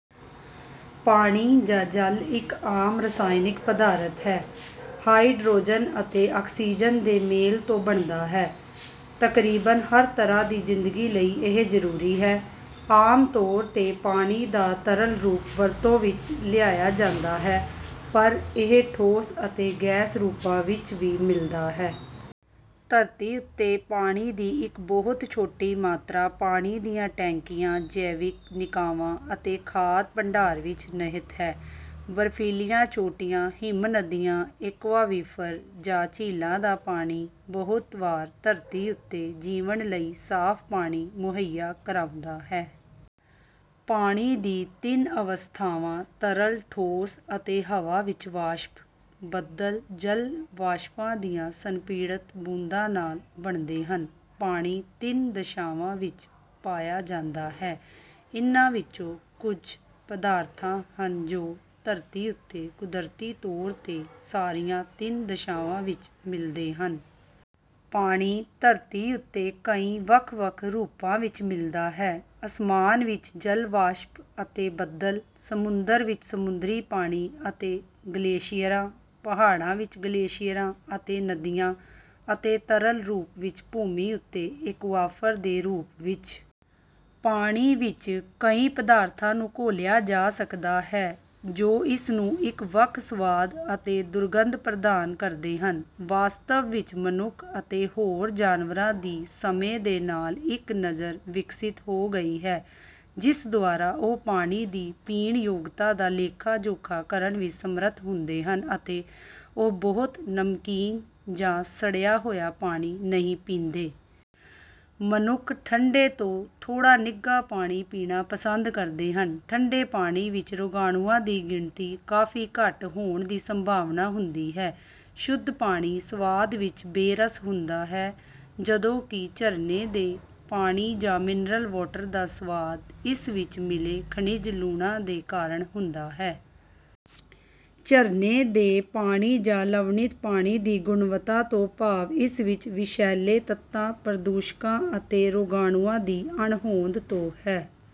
ਪਾਣੀ ਜਾਂ ਜਲ ਇੱਕ ਆਮ ਰਾਸਾਇਣਕ ਪਦਾਰਥ ਹੈ ਹਾਈਡ੍ਰੋਜਨ ਅਤੇ ਆਕਸੀਜਨ ਦੇ ਮੇਲ ਤੋਂ ਬਣਦਾ ਹੈ। ਤਕਰੀਬਨ ਹਰ ਤਰ੍ਹਾਂ ਦੀ ਜ਼ਿੰਦਗੀ ਲਈ ਇਹ ਜ਼ਰੂਰੀ ਹੈ। ਆਮ ਤੌਰ 'ਤੇ ਪਾਣੀ ਦਾ ਤਰਲ ਰੂਪ ਵਰਤੋਂ ਵਿੱਚ ਲਿਆਇਆ ਜਾਂਦਾ ਹੈ ਪਰ ਇਹ ਠੋਸ ਅਤੇ ਗੈਸ ਰੂਪਾਂ ਵਿੱਚ ਵੀ ਮਿਲਦਾ ਹੈ। ਧਰਤੀ ਉੱਤੇ ਪਾਣੀ ਦੀ ਇੱਕ ਬਹੁਤ ਛੋਟੀ ਮਾਤਰਾ ਪਾਣੀ ਦੀਆਂ ਟੈਂਕੀਆਂ, ਜੈਵਿਕ ਨਿਕਾਵਾਂ ਅਤੇ ਖਾਧ ਭੰਡਾਰ ਵਿੱਚ ਨਹਿਤ ਹੈ। ਬਰਫ਼ੀਲੀਆਂ ਚੋਟੀਆਂ, ਹਿਮਨਦੀਆਂ, ਏਕੁਆਵੀਫ਼ਰ ਜਾਂ ਝੀਲਾਂ ਦਾ ਪਾਣੀ ਬਹੁਤ ਵਾਰ ਧਰਤੀ ਉੱਤੇ ਜੀਵਨ ਲਈ ਸਾਫ਼ ਪਾਣੀ ਮੁਹੱਈਆ ਕਰਾਉਂਦਾ ਹੈ। ਪਾਣੀ ਦੀ ਤਿੰਨ ਅਵਸਥਾਵਾਂ: ਤਰਲ, ਠੋਸ, ਅਤੇ ਹਵਾ ਵਿੱਚ ਵਾਸ਼ਪ। ਬੱਦਲ ਜਲ ਵਾਸ਼ਪਾਂ ਦੀਆਂ ਸੰਪੀੜਤ ਬੂੰਦਾਂ ਨਾਲ ਬਣਦੇ ਹਨ। ਪਾਣੀ ਤਿੰਨ ਦਸ਼ਾਵਾਂ ਵਿੱਚ ਪਾਇਆ ਜਾਂਦਾ ਹੈ, ਇਨ੍ਹਾਂ ਵਿੱਚੋਂ ਕੁੱਝ ਪਦਾਰਥਾਂ ਹਨ ਜੋ ਧਰਤੀ ਉੱਤੇ ਕੁਦਰਤੀ ਤੌਰ 'ਤੇ ਸਾਰੀਆਂ ਤਿੰਨ ਦਸ਼ਾਵਾਂ ਵਿੱਚ ਮਿਲਦੇ ਹਨ। ਪਾਣੀ ਧਰਤੀ ਉੱਤੇ ਕਈ ਵੱਖ ਵੱਖ ਰੂਪਾਂ ਵਿੱਚ ਮਿਲਦਾ ਹੈ: ਅਸਮਾਨ ਵਿੱਚ ਜਲ ਵਾਸ਼ਪ ਅਤੇ ਬੱਦਲ; ਸਮੁੰਦਰ ਵਿੱਚ ਸਮੁੰਦਰੀ ਪਾਣੀ ਅਤੇ ਗਲੇਸ਼ੀਅਰਾਂ; ਪਹਾੜਾਂ ਵਿੱਚ ਗਲੇਸ਼ੀਅਰਾਂ ਅਤੇ ਨਦੀਆਂ; ਅਤੇ ਤਰਲ ਰੂਪ ਵਿੱਚ ਭੂਮੀ ਉੱਤੇ ਏਕੁਆਫਰ ਦੇ ਰੂਪ ਵਿੱਚ। ਪਾਣੀ ਵਿੱਚ ਕਈ ਪਦਾਰਥਾਂ ਨੂੰ ਘੋਲਿਆ ਜਾ ਸਕਦਾ ਹੈ ਜੋ ਇਸਨੂੰ ਇੱਕ ਵੱਖ ਸਵਾਦ ਅਤੇ ਦੁਰਗੰਧ ਪ੍ਰਦਾਨ ਕਰਦੇ ਹਨ। ਵਾਸਤਵ ਵਿੱਚ, ਮਨੁੱਖ ਅਤੇ ਹੋਰ ਜਾਨਵਰਾਂ ਦੀ ਸਮੇਂ ਦੇ ਨਾਲ ਇੱਕ ਨਜ਼ਰ ਵਿਕਸਿਤ ਹੋ ਗਈ ਹੈ ਜਿਸ ਦੁਆਰਾ ਉਹ ਪਾਣੀ ਦੀ ਪੀਣਯੋਗਤਾ ਦਾ ਲੇਖਾ ਜੋਖਾ ਕਰਨ ਵਿੱਚ ਸਮਰੱਥ ਹੁੰਦੇ ਹਨ ਅਤੇ ਉਹ ਬਹੁਤ ਨਮਕੀਨ ਜਾਂ ਸੜਿਆ ਹੋਇਆ ਪਾਣੀ ਨਹੀਂ ਪੀਂਦੇ। ਮਨੁੱਖ ਠੰਡੇ ਤੋਂ ਥੋੜਾ ਨਿੱਘਾ ਪਾਣੀ ਪੀਣਾ ਪਸੰਦ ਕਰਦੇ ਹਨ; ਠੰਡੇ ਪਾਣੀ ਵਿੱਚ ਰੋਗਾਣੂਆਂ ਦੀ ਗਿਣਤੀ ਕਾਫ਼ੀ ਘੱਟ ਹੋਣ ਦੀ ਸੰਭਾਵਨਾ ਹੁੰਦੀ ਹੈ। ਸ਼ੁੱਧ ਪਾਣੀ ਸਵਾਦ ਵਿੱਚ ਬੇਰਸ ਹੁੰਦਾ ਹੈ ਜਦੋਂ ਕਿ ਝਰਨੇ ਦੇ ਪਾਣੀ ਜਾਂ ਮਿਨਰਲ ਵਾਟਰ ਦਾ ਸਵਾਦ ਇਸ ਵਿੱਚ ਮਿਲੇ ਖਣਿਜ ਲੂਣਾਂ ਦੇ ਕਾਰਨ ਹੁੰਦਾ ਹੈ। ਝਰਨੇ ਦੇ ਪਾਣੀ ਜਾਂ ਲਵਣਿਤ ਪਾਣੀ ਦੀ ਗੁਣਵੱਤਾ ਤੋਂ ਭਾਵ ਇਸ ਵਿੱਚ ਵਿਸ਼ੈਲੇ ਤੱਤਾਂ, ਪ੍ਰਦੂਸ਼ਕਾਂ ਅਤੇ ਰੋਗਾਣੂਆਂ ਦੀ ਅਣਹੋਂਦ ਤੋਂ ਹੈ।